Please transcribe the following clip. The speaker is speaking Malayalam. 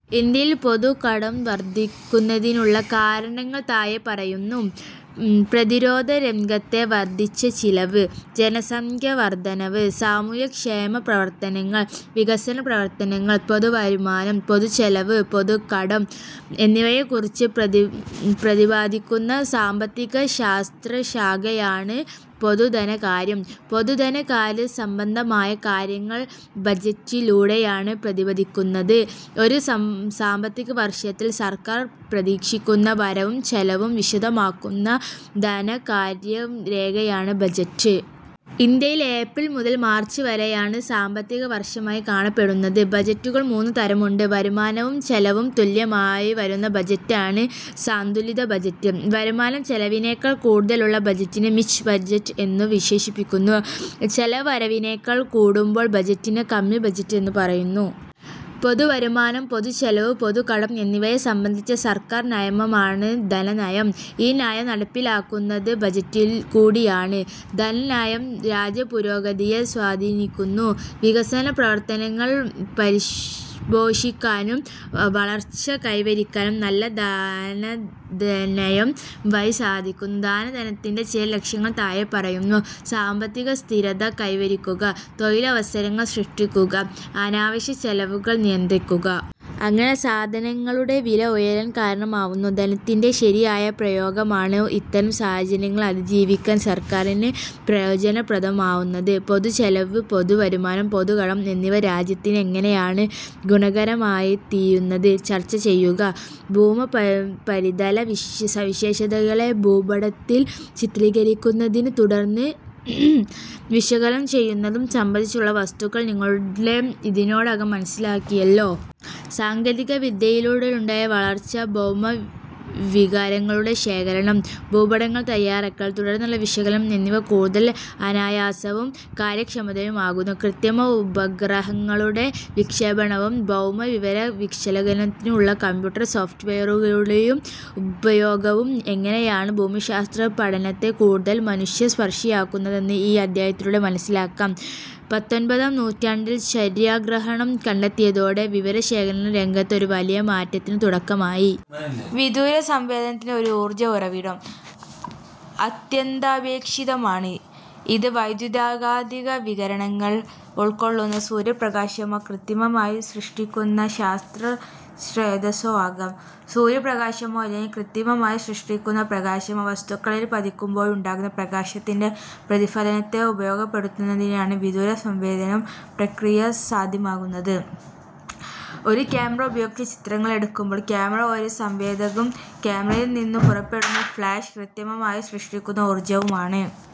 ഇന്ത്യയിൽ പൊതുകടം വർധിക്കുന്നതിനുള്ള കാരണങ്ങൾ താഴെപ്പറയുന്നു. പ്രതിരോധരംഗത്തെ വർധിച്ച ചെലവ്, ജനസംഖ്യാവർധനവ്, സാമൂഹികക്ഷേമപ്രവർത്തനങ്ങൾ, വികസനപ്രവർത്തനങ്ങൾ. പൊതുവരുമാനം, പൊതുചെലവ്, പൊതുകടം എന്നിവയെക്കുറിച്ച് പ്രതിപാദിക്കുന്ന സാമ്പത്തികശാസ്ത്രശാഖയാണ് പൊതുധനകാര്യം. പൊതു ധനകാര്യ സംബന്ധമായ കാര്യങ്ങൾ ബജറ്റിലൂടെയാണ് പ്രതിപാദിക്കുന്നത്. ഒരു സാമ്പത്തികവർഷത്തിൽ സർക്കാർ പ്രതീക്ഷിക്കുന്ന വരവും ചെലവും വിശദമാക്കുന്ന ധനകാര്യരേഖയാണ് ബജറ്റ്. ഇന്ത്യയിൽ ഏപ്രിൽ മുതൽ മാർച്ച് വരെയാണ് സാമ്പത്തികവർഷമായി കണക്കാക്കുന്നത്. ബജറ്റുകൾ മൂന്നു തരമുണ്ട്. വരുമാനവും ചെലവും തുല്യമായി വരുന്ന ബജറ്റാണ് സന്തുലിത ബജറ്റ്. വരുമാനം ചെലവിനേക്കാൾ കൂടുതലുള്ള ബജറ്റിനെ മിച്ച് ബജറ്റ് എന്നു വിശേഷിപ്പിക്കുന്നു. ചെലവ് വരവിനേക്കാൾ കൂടുമ്പോൾ ബജറ്റിനെ കമ്മി ബജറ്റ് എന്നു പറയുന്നു. പൊതുവരുമാനം, പൊതുചെലവ്, പൊതുകടം എന്നിവയെ സംബന്ധിച്ച സർക്കാർ നയമാണ് ധനനയം. ഈ നയം നടപ്പിലാക്കുന്നത് ബജറ്റിൽക്കൂടിയാണ്. ധനനയം രാജ്യപുരോഗതിയെ സ്വാധീനിക്കുന്നു. വികസനപ്രവർത്തനങ്ങൾ പരിപോഷിപ്പിക്കാനും വളർച്ച കൈവരിക്കാനും നല്ല ധനനയം വഴി സാധിക്കുന്നു. ധനനയത്തിന്റെ ചില ലക്ഷ്യങ്ങൾ താഴെപ്പറയുന്നു. സാമ്പത്തികസ്ഥിരത കൈവരിക്കുക. തൊഴിലവസരങ്ങൾ സൃഷ്ടിക്കുക.. അനാവശ്യ ചെലവുകൾ നിയന്ത്രിക്കുക. അങ്ങനെ സാധനങ്ങളുടെ വില ഉയരാൻ കാരണമാവുന്നു. ധനനയത്തിന്റെ ശരിയായ പ്രയോഗമാണ് ഇത്തരം സാഹചര്യങ്ങളെ അതിജീവിക്കാൻ സർക്കാരിന് പ്രയോജനപ്രദമാവുന്നത്. പൊതുചെലവ്, പൊതുവരുമാനം, പൊതുകടം എന്നിവ രാജ്യത്തിന് എങ്ങനെയാണ് ഗുണകരമായിത്തീരുന്നത്? ചർച്ചചെയ്യുക. ഭൗമോപരിതല സവിശേഷതകളെ ഭൂപടങ്ങളിൽ ചിത്രീകരിക്കുന്നതും തുടർന്ന് വിശകലനം ചെയ്യുന്നതും സംബന്ധിച്ചുള്ള വസ്തുതകൾ നിങ്ങൾ ഇതിനോടകം മനസ്സിലാക്കിയല്ലോ. സാങ്കേതികവിദ്യയിലുണ്ടായ വളർച്ച ഭൗമവിവരങ്ങളുടെ ശേഖരണം, ഭൂപടങ്ങൾ തയാറാക്കൽ, തുടർന്നുള്ള വിശകലനം എന്നിവ കൂടുതൽ അനായാസവും കാര്യക്ഷമവുമാക്കുന്നു. കൃത്രിമ ഉപഗ്രഹങ്ങളുടെ വിക്ഷേപണവും ഭൗമ വിവര വിശകലനത്തിനുള്ള കമ്പ്യൂട്ടർ സോഫ്റ്റ്വെയറുകളുടെ ഉപയോഗവും എങ്ങനെയാണ് ഭൂമിശാസ്ത്രപഠനത്തെ കൂടുതൽ മനുഷ്യ സ്പർശിയാക്കുന്നതെന്ന് ഈ അധ്യായത്തിലൂടെ മനസ്സിലാക്കാം. പത്തൊൻപതാം നൂറ്റാണ്ടിൽ ഛായാഗ്രഹണം കണ്ടെത്തിയതോടെ വിവരശേഖരണരംഗത്ത് ഒരു വലിയ മാറ്റത്തിനു തുടക്കമായി. വിദൂരസംവേദനത്തിൽ ഒരു ഊർജ ഉറവിടം അത്യന്താപേക്ഷിതമാണ്. ഇത് വൈദ്യുതകാന്തിക വികിരണങ്ങൾ ഉൾക്കൊള്ളുന്ന സൂര്യപ്രകാശമോ കൃത്രിമമായി സൃഷ്ടിക്കുന്ന പ്രകാശസ്രോതസ്സോ ആകാം. സൂര്യപ്രകാശമോ അല്ലെങ്കിൽ കൃത്രിമമായി സൃഷ്ടിക്കുന്ന പ്രകാശമോ വസ്തുക്കളിൽ പതിക്കുമ്പോഴുണ്ടാകുന്ന പ്രകാശത്തിന്റെ പ്രതിഫലനത്തെ ഉപയോഗപ്പെടുത്തിയാണ് വിദൂര സംവേദന പ്രക്രിയ സാധ്യമാകുന്നത്. ഒരു ക്യാമറ ഉപയോഗിച്ച് ചിത്രങ്ങൾ എടുക്കുമ്പോൾ ക്യാമറ ഒരു സംവേദകവും ക്യാമറയിൽ നിന്നും പുറപ്പെടുന്ന ഫ്ളാഷ് കൃത്രിമമായി സൃഷ്ടിച്ച ഊർജവുമാണ്.